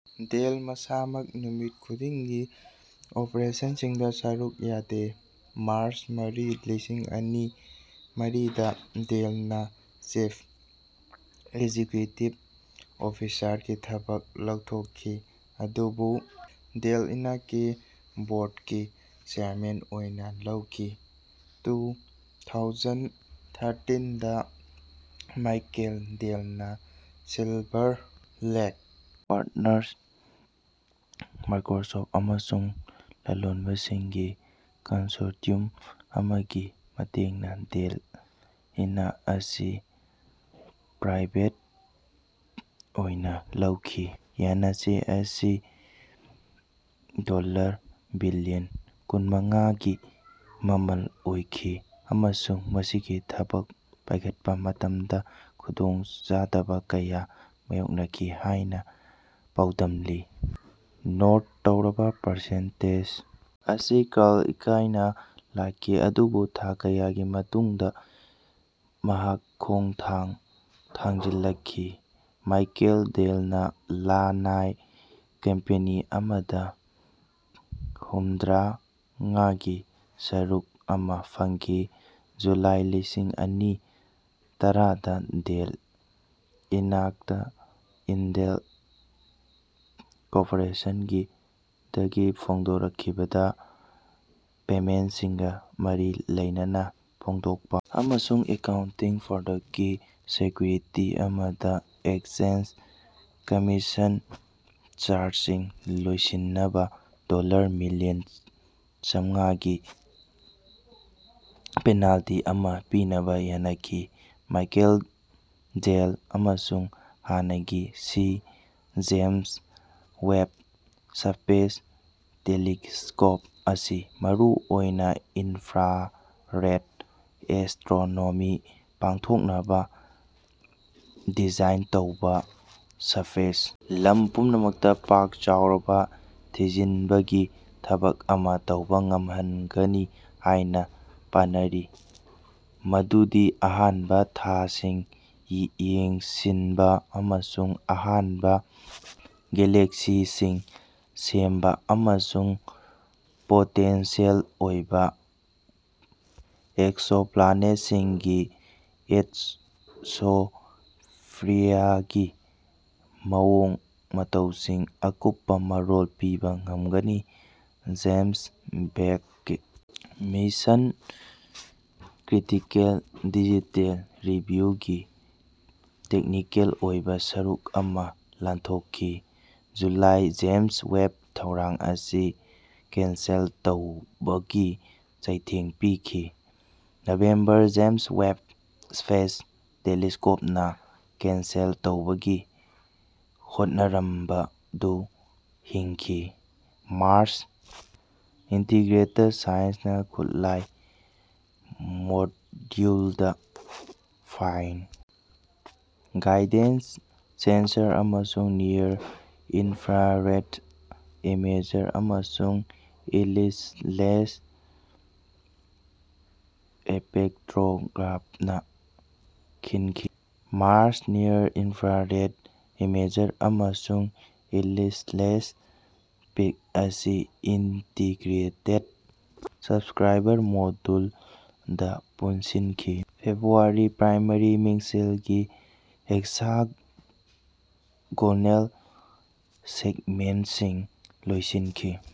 Dell ꯃꯁꯥꯃꯛ ꯅꯨꯃꯤꯠ ꯈꯨꯗꯤꯡꯒꯤ ꯑꯣꯄꯔꯦꯁꯟꯁꯤꯡꯗꯥ ꯁꯔꯨꯛ ꯌꯥꯗꯦ꯫ ꯃꯥꯔꯆ ꯃꯔꯤ ꯂꯤꯁꯤꯡ ꯑꯅꯤ ꯃꯔꯤꯗꯥ ꯗꯦꯜꯅꯥ ꯆꯤꯐ ꯑꯦꯛꯖꯤꯀ꯭ꯌꯨꯇꯤꯚ ꯑꯣꯐꯤꯁꯔ ꯒꯤ ꯊꯕꯛ ꯊꯥꯗꯣꯛꯈꯤ ꯑꯗꯨꯕꯨ ꯗꯦꯜ ꯏꯟꯛꯀꯤ ꯕꯣꯔꯗꯀꯤ ꯆꯦꯌꯔꯃꯦꯟ ꯑꯣꯏꯅꯥ ꯂꯩꯈꯤ꯫ ꯇꯨ ꯊꯥꯎꯖꯟ ꯊꯥꯔꯇꯤꯟꯗꯥ ꯃꯥꯏꯀꯦꯜ ꯗꯦꯜꯅꯥ ꯁꯤꯜꯚꯔ ꯂꯦꯛ ꯄꯥꯔꯇꯅꯔꯁ ꯃꯥꯏꯀ꯭ꯔꯣꯁꯣꯐꯠ ꯑꯃꯁꯨꯡ ꯂꯂꯣꯟꯕꯁꯤꯡꯒꯤ ꯀꯟꯁꯣꯔꯇꯤꯌꯨꯝ ꯑꯃꯒꯤ ꯃꯇꯦꯡꯅꯥ ꯗꯦꯜ ꯏꯟꯛ ꯑꯁꯤ ꯄ꯭ꯔꯥꯏꯕꯦꯠ ꯑꯣꯏꯅꯥ ꯂꯧꯈꯤ꯫ ꯌꯥꯅꯆꯦ ꯑꯁꯤ ꯗꯣꯜꯂꯔ ꯕꯤꯂꯤꯌꯟ ꯀꯨꯟꯃꯉꯥꯒꯤ ꯃꯃꯜ ꯑꯣꯏꯈꯤ ꯑꯃꯁꯨꯡ ꯃꯁꯤꯒꯤ ꯊꯥꯕꯛ ꯄꯥꯏꯈꯠꯄꯥ ꯃꯇꯝꯗꯥ ꯈꯨꯗꯣꯡꯆꯥꯗꯕꯥ ꯀꯌꯥ ꯃꯥꯌꯣꯛꯅꯈꯤ ꯍꯥꯏꯅꯥ ꯄꯥꯎꯗꯝꯂꯤ꯫ ꯅꯣꯠ ꯇꯧꯔꯕꯥ ꯔꯦꯖꯤꯁ꯭ꯇꯦꯟꯁ ꯑꯁꯤ ꯀꯥꯔꯜ ꯏꯀꯥꯏꯅꯥ ꯂꯥꯛꯈꯤ ꯑꯗꯨꯕꯨ ꯊꯥ ꯀꯌꯥꯒꯤ ꯃꯇꯨꯡꯗꯥ ꯃꯍꯥꯛ ꯈꯣꯡꯊꯥꯡ ꯊꯥꯡꯖꯤꯜꯂꯛꯈꯤ꯫ ꯃꯥꯏꯀꯦꯜ ꯗꯦꯜꯅꯥ ꯂꯅꯥꯏ ꯀꯝꯄꯦꯅꯤ ꯑꯁꯤꯗꯥ ꯍꯨꯝꯗ꯭ꯔꯥꯉꯥꯒꯤ ꯁꯔꯨꯛ ꯑꯃꯥ ꯐꯪꯈꯤ꯫ ꯖꯨꯂꯥꯏ ꯂꯤꯁꯤꯡ ꯑꯅꯤ ꯇꯔꯥꯗꯥ ꯗꯦꯜ ꯏꯟꯛꯅꯥ ꯏꯟꯇꯦꯜ ꯀꯣꯔꯄꯣꯔꯦꯁꯟꯗꯒꯤ ꯐꯣꯡꯗꯣꯛꯈꯤꯗꯕꯥ ꯄꯦꯃꯦꯟꯠꯁꯤꯡꯒꯥ ꯃꯔꯤ ꯂꯩꯅꯅꯥ ꯐꯣꯡꯗꯣꯛꯄꯥ ꯑꯃꯁꯨꯡ ꯑꯦꯀꯥꯎꯟꯇꯤꯡ ꯐ꯭ꯔꯣꯗꯀꯤ ꯁꯦꯀ꯭ꯌꯨꯔꯤꯇꯤ ꯑꯃꯗꯥ ꯑꯦꯛꯆꯦꯟꯁ ꯀꯃꯤꯁꯟ ꯆꯥꯔꯖꯁꯤꯡ ꯂꯣꯏꯁꯤꯟꯅꯕꯥ ꯗꯣꯜꯂꯔ ꯃꯤꯂꯤꯌꯟ ꯆꯥꯝꯃꯒꯤ ꯄꯦꯅꯥꯜꯇꯤ ꯑꯃꯥ ꯄꯤꯅꯕꯥ ꯌꯥꯅꯈꯤ꯫ ꯃꯥꯏꯀꯦꯜ ꯗꯦꯜ ꯑꯃꯁꯨꯡ ꯍꯥꯟꯅꯒꯤ ꯁꯤ ꯖꯦꯝꯁ ꯋꯦꯕ ꯁ꯭ꯄꯦꯁ ꯇꯦꯂꯤꯁꯀꯣꯞ ꯑꯁꯤ ꯃꯔꯨꯑꯣꯏꯅ ꯏꯟꯐ꯭ꯔꯥꯔꯦꯗ ꯑꯦꯁꯇ꯭ꯔꯣꯅꯣꯃꯤ ꯄꯥꯡꯊꯣꯛꯅꯕ ꯗꯤꯖꯥꯏꯟ ꯇꯧꯕ ꯁ꯭ꯄꯦꯁ ꯂꯝ ꯄꯨꯝꯅꯃꯛꯇꯥ ꯄꯥꯛ ꯆꯥꯎꯔꯕ ꯊꯤꯖꯤꯟꯕꯒꯤ ꯊꯕꯛ ꯑꯃꯥ ꯇꯧꯕ ꯉꯝꯍꯟꯒꯅꯤ ꯍꯥꯏꯅ ꯄꯥꯅꯔꯤ ꯃꯗꯨꯗꯤ ꯑꯍꯥꯟꯕ ꯊꯥꯁꯤꯡ ꯌꯦꯡꯁꯤꯟꯕ ꯑꯃꯁꯨꯡ ꯑꯍꯥꯟꯕ ꯒꯦꯂꯦꯛꯁꯤꯁꯤꯡ ꯁꯦꯝꯕ ꯑꯃꯁꯨꯡ ꯄꯣꯇꯦꯟꯁꯤꯌꯦꯜ ꯑꯣꯏꯕ ꯑꯦꯛꯁꯣ ꯄ꯭ꯂꯥꯅꯦꯠꯁꯤꯡꯒꯤ ꯑꯦꯠꯃꯣꯁꯐꯤꯌꯔꯒꯤ ꯃꯑꯣꯡ ꯃꯇꯧꯁꯤꯡ ꯑꯀꯨꯞꯄ ꯃꯔꯣꯜ ꯄꯤꯕ ꯉꯝꯒꯅꯤ꯫ ꯖꯦꯝꯁ ꯋꯦꯕꯀꯤ ꯃꯤꯁꯟ ꯀ꯭ꯔꯤꯇꯤꯀꯦꯜ ꯗꯤꯖꯥꯏꯟ ꯔꯤꯚꯤꯌꯨ ꯒꯤ ꯇꯦꯛꯅꯤꯀꯦꯜ ꯑꯣꯏꯕꯥ ꯁꯔꯨꯛ ꯑꯃꯥ ꯂꯥꯟꯊꯣꯛꯈꯤ꯫ ꯖꯨꯂꯥꯏ ꯖꯦꯝꯁ ꯋꯦꯕ ꯊꯧꯔꯥꯡ ꯑꯁꯤ ꯀꯦꯟꯁꯦꯜ ꯇꯧꯕꯒꯤ ꯆꯩꯊꯦꯡ ꯄꯤꯈꯤ꯫ ꯅꯕꯦꯝꯕꯔ ꯖꯦꯝꯁ ꯋꯦꯕ ꯁ꯭ꯄꯦꯁ ꯇꯦꯂꯤꯁꯀꯣꯞꯅꯥ ꯀꯦꯟꯁꯦꯜ ꯇꯧꯕꯒꯤ ꯍꯣꯠꯅꯔꯝꯕꯗꯨ ꯍꯤꯡꯈꯤ꯫ꯃꯥꯔꯆ: ꯏꯟꯇꯤꯒ꯭ꯔꯦꯇꯦꯗ ꯁꯥꯏꯟꯁ ꯈꯨꯠꯂꯥꯏ ꯃꯣꯗ꯭ꯌꯨꯜꯗ ꯐꯥꯏꯟ ꯒꯥꯏꯗꯦꯟꯁ ꯁꯦꯟꯁꯔ ꯑꯃꯁꯨꯡ ꯅꯤꯌꯔ ꯏꯟꯐ꯭ꯔꯥꯔꯦꯗ ꯏꯃꯦꯖꯔ ꯑꯃꯁꯨꯡ ꯁ꯭ꯂꯤꯠꯂꯦꯁ ꯁ꯭ꯄꯦꯛꯇꯣꯒ꯭ꯔꯥꯞꯅꯥ ꯈꯤꯟꯈꯤ꯫ ꯃꯥꯔꯆ ꯅꯤꯌꯔ ꯏꯟꯐ꯭ꯔꯥꯔꯦꯗ ꯏꯃꯦꯖꯔ ꯑꯃꯁꯨꯡ ꯁ꯭ꯂꯤꯠꯂꯦꯁ ꯄꯦꯛ ꯑꯁꯤ ꯏꯟꯇꯤꯒ꯭ꯔꯦꯇꯦꯗ ꯁꯕꯁꯀ꯭ꯔꯥꯏꯕꯔ ꯃꯣꯗꯨꯜ ꯗꯥ ꯄꯨꯟꯁꯤꯟꯈꯤ꯫ ꯐꯦꯕ꯭ꯔꯨꯋꯥꯔꯤ ꯄ꯭ꯔꯥꯏꯃꯥꯔꯤ ꯃꯤꯡꯁꯦꯜꯒꯤ ꯍꯦꯛꯁꯥꯒꯣꯅꯦꯜ ꯁꯦꯒꯃꯦꯟꯠꯁꯤꯡ ꯂꯣꯏꯁꯤꯟꯈꯤ꯫